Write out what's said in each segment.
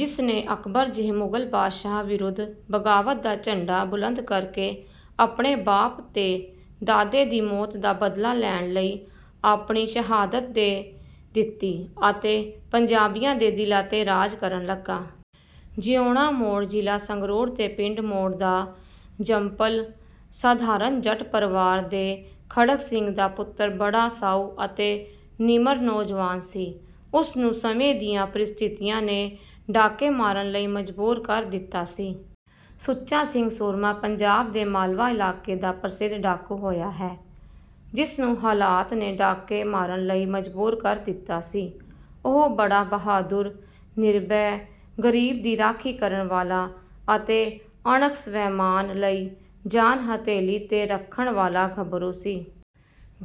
ਜਿਸ ਨੇ ਅਕਬਰ ਜਿਹੇ ਮੁਗਲ ਬਾਦਸ਼ਾਹ ਵਿਰੁੱਧ ਬਗਾਵਤ ਦਾ ਝੰਡਾ ਬੁਲੰਦ ਕਰਕੇ ਆਪਣੇ ਬਾਪ ਤੇ ਦਾਦੇ ਦੀ ਮੌਤ ਦਾ ਬਦਲਾ ਲੈਣ ਲਈ ਆਪਣੀ ਸ਼ਹਾਦਤ ਦੇ ਦਿੱਤੀ ਅਤੇ ਪੰਜਾਬੀਆਂ ਦੇ ਦਿਲਾਂ ਤੇ ਰਾਜ ਕਰਨ ਲੱਗਾ। ਜੀਊਣਾ ਮੋੜ ਜ਼ਿਲ੍ਹਾ ਸੰਗਰੂਰ ਦੇ ਪਿੰਡ ਮੋੜ ਦਾ ਜੰਮਪਲ ਸਾਧਾਰਨ ਜੱਟ ਪਰਿਵਾਰ ਦੇ ਖੜਗ ਸਿੰਘ ਦਾ ਪੁੱਤਰ ਬੜਾ ਸਾਊ ਅਤੇ ਨਿਮਰ ਨੌਜਵਾਨ ਸੀ। ਉਸ ਨੂੰ ਸਮੇਂ ਦੀਆਂ ਪਰਿਸਥਿਤੀਆਂ ਨੇ ਡਾਕੇ ਮਾਰਨ ਲਈ ਮਜਬੂਰ ਕਰ ਦਿੱਤਾ ਸੀ। ਸੁੱਚਾ ਸਿੰਘ ਸੂਰਮਾ ਪੰਜਾਬ ਦੇ ਮਾਲਵਾ ਇਲਾਕੇ ਦਾ ਪ੍ਰਸਿੱਧ ਡਾਕੂ ਹੋਇਆ ਹੈ। ਜਿਸ ਨੂੰ ਹਾਲਾਤ ਨੇ ਡਾਕੇ ਮਾਰਨ ਲਈ ਮਜਬੂਰ ਕਰ ਦਿੱਤਾ ਸੀ। ਉਹ ਬੜਾ ਬਹਾਦੁਰ, ਨਿਰਭੈ, ਗਰੀਬ ਦੀ ਰਾਖੀ ਕਰਨ ਵਾਲਾ ਅਤੇ ਅਣਖ ਸਵੈਮਾਨ ਲਈ ਜਾਨ ਹਥੇਲੀ ਤੇ ਰੱਖਣ ਵਾਲਾ ਗੱਭਰੂ ਸੀ।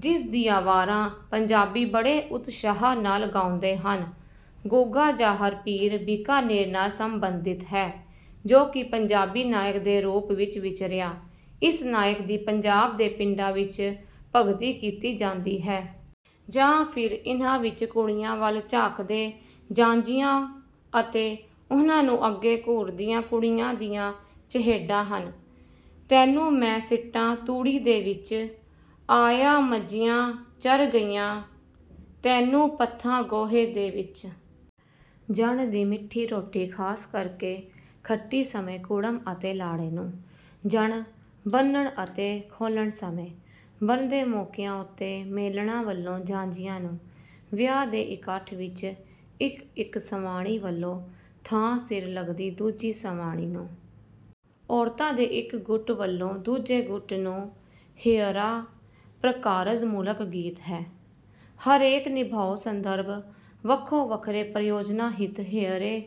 ਜਿਸ ਦੀਆਂ ਵਾਰਾਂ ਪੰਜਾਬੀ ਬੜੇ ਉਤਸ਼ਾਹ ਨਾਲ ਗਾਉਂਦੇ ਹਨ। ਗੁੱਗਾ ਜ਼ਾਹਰ ਪੀਰ ਬੀਕਾਨੇਰ ਨਾਲ ਸੰਬੰਧਿਤ ਹੈ। ਜੋ ਕਿ ਪੰਜਾਬੀ ਨਾਇਕ ਦੇ ਰੂਪ ਵਿੱਚ ਵਿਚਰਿਆ। ਇਸ ਨਾਇਕ ਦੀ ਪੰਜਾਬ ਦੇ ਪਿੰਡਾਂ ਵਿੱਚ ਭਗਤੀ ਕੀਤੀ ਜਾਂਦੀ ਹੈ। ਜਾਂ ਫਿਰ ਇਹਨਾਂ ਵਿੱਚ ਕੁੜੀਆਂ ਵੱਲ ਝਾਕਦੇ ਜਾਂਞੀਆਂ ਅਤੇ ਉਨ੍ਹਾਂ ਨੂੰ ਅੱਗੋਂ ਘੂਰਦੀਆਂ ਕੁੜੀਆਂ ਦੀਆਂ ਚਹੇਡਾਂ ਹਨ – ਤੈਨੂੰ ਮੈਂ ਸਿੱਟਾ ਤੂੜੀ ਦੇ ਵਿੱਚ, ਆਈਆਂ ਮੱਝੀਆਂ ਚਰ ਗਈਆਂ, ਤੈਨੂੰ ਪੱਥਾਂ ਗੋਹੇ ਦੇ ਵਿੱਚ। ਜਣ ਦੀ ਮਿੱਠੀ ਰੋਟੀ ਖ਼ਾਸ ਕਰ ਕੇ ਖੱਟੀ ਸਮੇਂ ਕੁੜਮ ਅਤੇ ਲਾੜੇ ਨੂੰ। ਜਣ ਬੰਨ੍ਹਣ ਅਤੇ ਖੋਲ੍ਹਣ ਸਮੇਂ। ਬਣਦੇ ਮੌਕਿਆਂ ਉੱਤੇ ਮੇਲਣਾਂ ਵੱਲੋਂ ਜਾਂਞੀਆਂ ਨੂੰ। ਵਿਆਹ ਦੇ ਇਕੱਠ ਵਿੱਚ ਇੱਕ ਇੱਕ ਸਵਾਣੀ ਵੱਲੋਂ ਥਾਂ ਸਿਰ ਲੱਗਦੀ ਦੂਜੀ ਸਵਾਣੀ ਨੂੰ। ਔਰਤਾਂ ਦੇ ਇੱਕ ਗੁੱਟ ਵੱਲੋਂ ਦੂਜੇ ਗੁੱਟ ਨੂੰ। ਹੇਅਰਾ, ਪ੍ਰਕਾਰਜ ਮੂਲਕ ਗੀਤ ਹੈ। ਹਰੇਕ ਨਿਭਾਊ ਸੰਦਰਭ ਵੱਖੋ-ਵੱਖਰੇ ਪ੍ਰਯੋਜਨਾਂ ਹਿਤ ਹੇਅਰੇ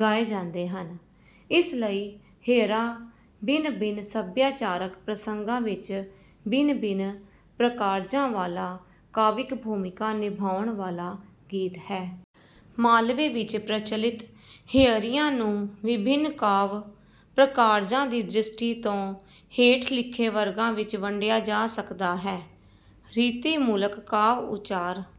ਗਾਏ ਜਾਂਦੇ ਹਨ। ਇਸ ਲਈ ਹੇਅਰਾ ਭਿੰਨ-ਭਿੰਨ ਸਭਿਆਚਾਰਕ ਪ੍ਰਸੰਗਾਂ ਵਿੱਚ ਭਿੰਨ-ਭਿੰਨ ਪ੍ਰਕਾਰਜਾਂ ਵਾਲਾ ਕਾਵਿਕ ਭੂਮਿਕਾ ਨਿਭਾਉਣ ਵਾਲਾ ਗੀਤ ਹੈ। ਮਾਲਵੇ ਵਿੱਚ ਪ੍ਰਚਲਿਤ ਹੇਅਰਿਆਂ ਨੂੰ ਵਿਭਿੰਨ ਕਾਵਿ ਪ੍ਰਕਾਰਜਾਂ ਦੀ ਦ੍ਰਿਸ਼ਟੀ ਤੋਂ ਹੇਠ ਲਿਖੇ ਵਰਗਾਂ ਵਿੱਚ ਵੰਡਿਆ ਜਾ ਸਕਦਾ ਹੈ: ਰੀਤੀ ਮੂਲਕ ਕਾਵਿ-ਉਚਾਰ